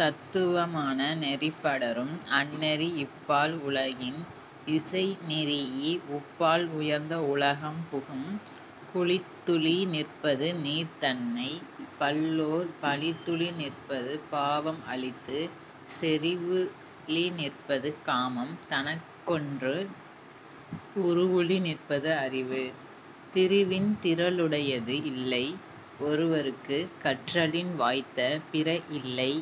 தத்துவ மான நெறிபடரும் அந்நெறி இப்பால் உலகின் இசைநிறீஇ உப்பால் உயர்ந்த உலகம் புகும். குழித்துழி நிற்பது நீர்தன்னைப் பல்லோர் பழித்துழி நிற்பது பாவம் அழித்துச் செறிவுழி நிற்பது காமம் தனக்கொன்று உறுவுழி நிற்பது அறிவு. திருவின் திறலுடையது இல்லை ஒருவற்குக் கற்றலின் வாய்த்த பிறஇல்லை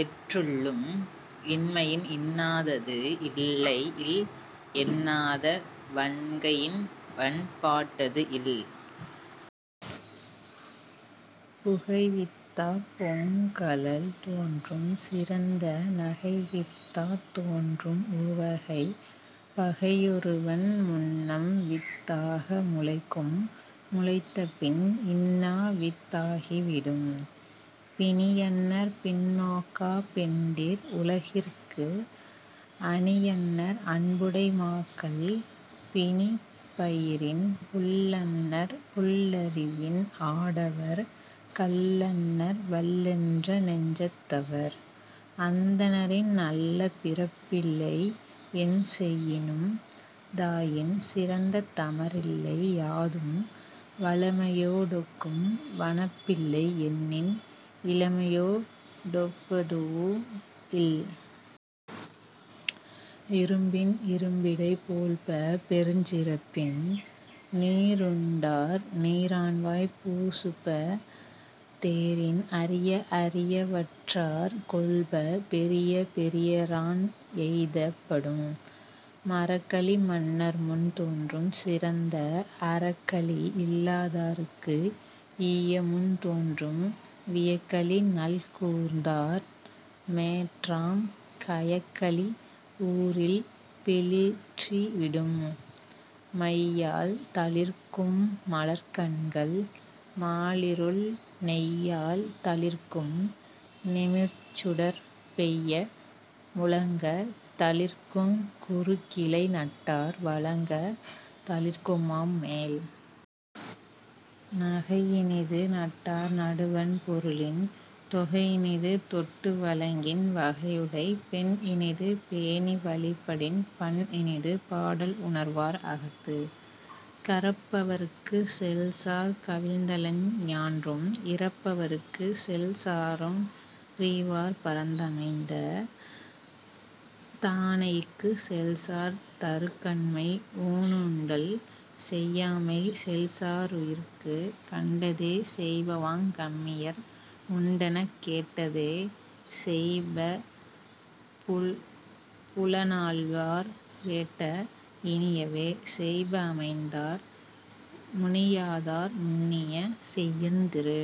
எற்றுள்ளும் இன்மையின் இன்னாதது இல்லைஇல் என்னாத வன்கையின் வன்பாட்டது இல். புகைவித்தாப் பொங்கழல் தோன்றும் சிறந்த நகைவித்தாத் தோன்றும் உவகை பகையொருவன் முன்னம்வித் தாக முளைக்கும் முளைத்தபின் இன்னாவித் தாகி விடும். பிணியன்னர் பின்நோக்காப் பெண்டிர் உலகிற்கு அணியன்னர் அன்புடை மாக்கள் பிணிபயிரின் புல்லன்னர் புல்லறிவின் ஆடவர் கல்லன்னர் வல்லென்ற நெஞ்சத் தவர். அந்தணரின் நல்ல பிறப்பில்லை என்செயினும் தாயின் சிறந்த தமரில்லை யாதும் வளமையோ டொக்கும் வனப்பில்லை எண்ணின் இளமையோ டொப்பதூஉம் இல். இரும்பின் இரும்பிடை போழ்ப பெருஞ்சிறப்பின் நீருண்டார் நீரான்வாய் பூசுப தேரின் அரிய அரியவற்றாற் கொள்ப பெரிய பெரியரான் எய்தப் படும். மறக்களி மன்னர்முன் தோன்றும் சிறந்த அறக்களி இல்லாதார்க்கு ஈயமுன் தோன்றும் வியக்களி நல்கூர்ந்தார் மேற்றாம் கயக்களி ஊரில் பிளிற்றி விடும். மையால் தளிர்க்கும் மலர்க்கண்கள் மாலிருள் நெய்யால் தளிர்க்கும் நிமிர்சுடர் பெய்ய முழங்கத் தளிர்க்குங் குருகிலை நட்டார் வழங்கத் தளிர்க்குமாம் மேல். நகைஇனிது நட்டார் நடுவண் பொருளின் தொகைஇனிது தொட்டு வழங்கின் வகையுடைப் பெண்இனிது பேணி வழிபடின் பண்இனிது பாடல் உணர்வார் அகத்து. கரப்பவர்க்குச் செல்சார் கவிழ்தலெஞ் ஞான்றும் இரப்பவர்க்குச் செல்சாரொன் றீவார் பரப்பமைந்த தானைக்குச் செல்சார் தறுகண்மை ஊனுண்டல் செய்யாமை செல்சா ருயிர்க்கு. கண்டதே செய்பவாங் கம்மியர் உண்டெனக் கேட்டதே செய்ப புலனாள்வார் வேட்ட இனியவே செய்ப அமைந்தார் முனியாதார் முன்னிய செய்யுந் திரு.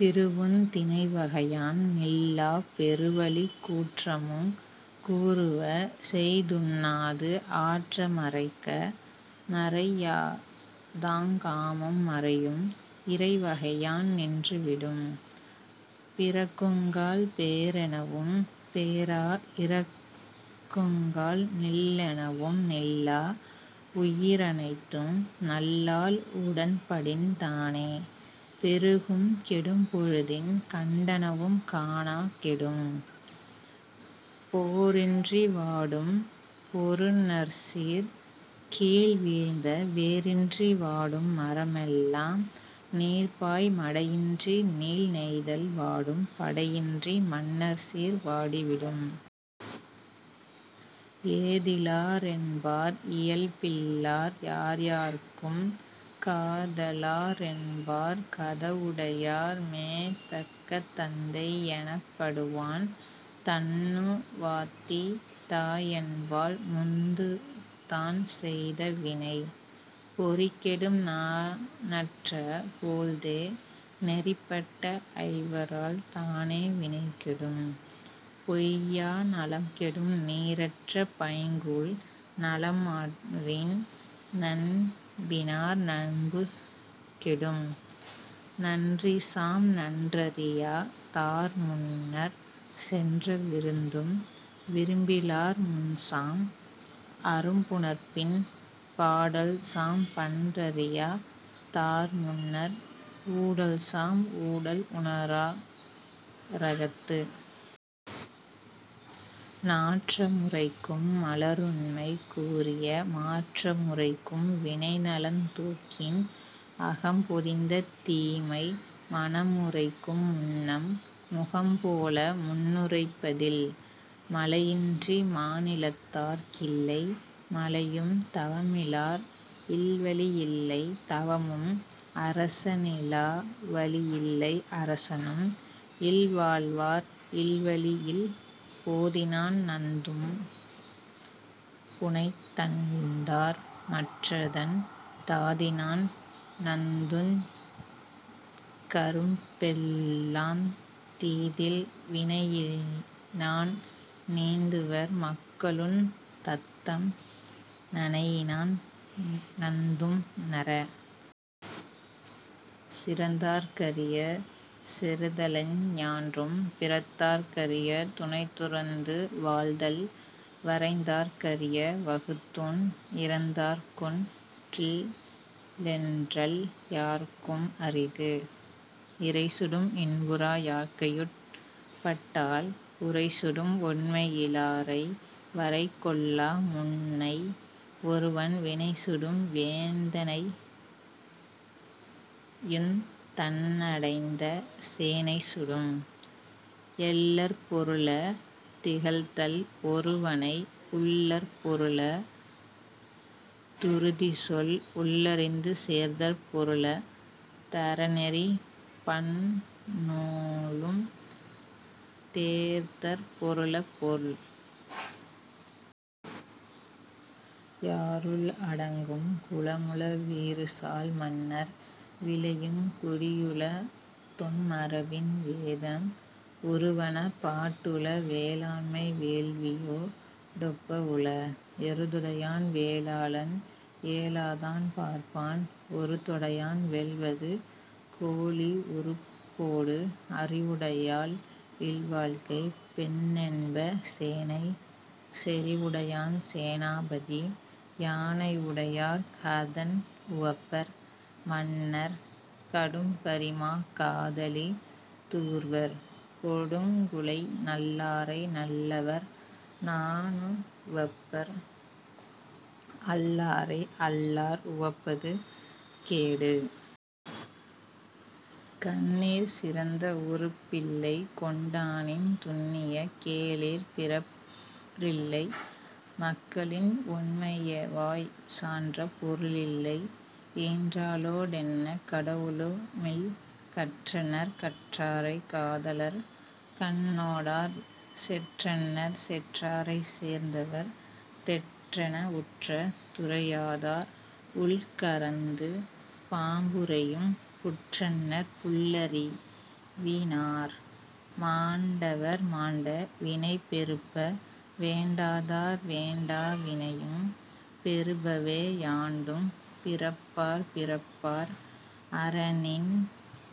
திருவுந் திணைவகையான் நில்லாப் பெருவலிக் கூற்றமுங் கூறுவ செய்துண்ணாது ஆற்ற மறைக்க மறையாதாங் காமம் மறையும் இறைவகையான் நின்று விடும். பிறக்குங்கால் பேரெனவும் பேரா இறக்குங்கால் நில்லெனவும் நில்லா உயிரெனைத்தும் நல்லாள் உடன்படின் தானே பெருகும் கெடும்பொழுதில் கண்டனவும் காணாக் கெடும். போரின்றி வாடும் பொருநர்சீர் கீழ்வீழ்ந்த வேரின்றி வாடும் மரமெல்லாம் நீர்பாய் மடையின்றி நீள்நெய்தல் வாடும் படையின்றி மன்னர்சீர் வாடி விடும். ஏதிலா ரென்பார் இயல்பில்லார் யார்யார்க்கும் காதலா ரென்பார் தகவுடையார் மேதக்க தந்தை யெனப்படுவான் தன்னுவாத்தி தாயென்பாள் முந்துதான் செய்த வினை. பொறிகெடும் நாணற்ற போழ்தே நெறிபட்ட ஐவரால் தானே வினைகெடும் பொய்யா நலம்கெடும் நீரற்ற பைங்கூழ் நலம்மாறின் நண்பினார் நண்பு கெடும். நன்றிசாம் நன்றறியா தார்முன்னர்ச் சென்ற விருந்தும் விருப்பிலார் முன்சாம் அரும்புணர்ப்பின் பாடல்சாம் பண்ணறியா தார்முன்னர் ஊடல்சாம் ஊடல் உணரா ரகத்து. நாற்ற முரைக்கும் மலருண்மை கூறிய மாற்ற முரைக்கும் வினைநலந் தூக்கின் அகம்பொதிந்த தீமை மனமுரைக்கும் முன்னம் முகம்போல முன்னுரைப்ப தில். மழையின்றி மாநிலத்தார்க் கில்லை மழையும் தவமிலார் இல்வழி இல்லை தவமும் அரச னிலாவழி இல்லை அரசனும் இல்வாழ்வார் இல்வழி யில். போதினான் நந்தும் புனைதண்தார் மற்றதன் தாதினான் நந்துஞ் கரும்பெல்லாந் தீதில் வினையினான் நந்துவர் மக்களுந் தத்தம் நனையினான் நந்தும் நறா. சிறந்தார்க் கரிய செறுதலெஞ் ஞான்றும் பிறந்தார்க் கரிய துணைதுறந்து வாழ்தல் வரைந்தார்க் கரிய வகுத்தூண் இரந்தார்க்கொன் றில்லென்றல் யார்க்கும் அரிது. இரைசுடும் இன்புறா யாக்கையுட் பட்டால் உரைசுடும் ஒண்மை யிலாரை வரைகொள்ளா முன்னை ஒருவன் வினைசுடும் வேந்தனையுந் தன்னடைந்த சேனை சுடும். எள்ளற் பொருள திகழ்தல் ஒருவனை உள்ளற் பொருள துறுதிச்சொல் உள்ளறிந்து சேர்தற் பொருள தறநெறி பன்னூலும் தேர்தற் பொருள பொருள். யாறுள் அடங்கும் குளமுள வீறுசால் மன்னர் விழையுங் குடியுள தொன்மரபின் வேதம் உறுவன பாட்டுள வேளாண்மை வேள்வியோ டொப்ப உள. எருதுடையான் வேளாளன்; ஏலாதான் பார்ப்பான்; ஒருதொடையான் வெல்வது கோழி உருபோடு அறிவுடையாள் இல்வாழ்க்கைப் பெண்ணென்ப சேனைச் செறிவுடையான் சேனா பதி. யானை யுடையார் கதன்உவப்பர் மன்னர் கடும்பரிமாக் காதலித் தூர்வர் கொடுங்குழை நல்லாரை நல்லவர் நாணுவப்பர் அல்லாரை அல்லார் உவப்பது கேடு. கண்ணிற் சிறந்த உறுப்பில்லை கொண்டானின் துன்னிய கேளிர் பிறரில்லை மக்களின் ஒண்மையவாய்ச் சான்ற பொருளில்லை ஈன்றாளோ டெண்ணக் கடவுளு மில். கற்றன்னர் கற்றாரைக் காதலர் கண்ணோடார் செற்றன்னர் செற்றாரைச் சேர்ந்தவர் தெற்றென உற்ற துரையாதார் உள்கரந்து பாம்புறையும் புற்றன்னர் புல்லறிவி னார். மாண்டவர் மாண்ட வினைபெறுப வேண்டாதார் வேண்டா வினையும் பெறுபவே யாண்டும் பிறப்பார் பிறப்பார் அறனின்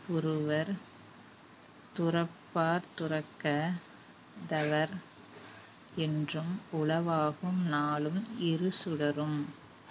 புறுவர் துறப்பார் துறக்கத் தவர். என்றும் உளவாகும் நாளும் இருசுடரும்।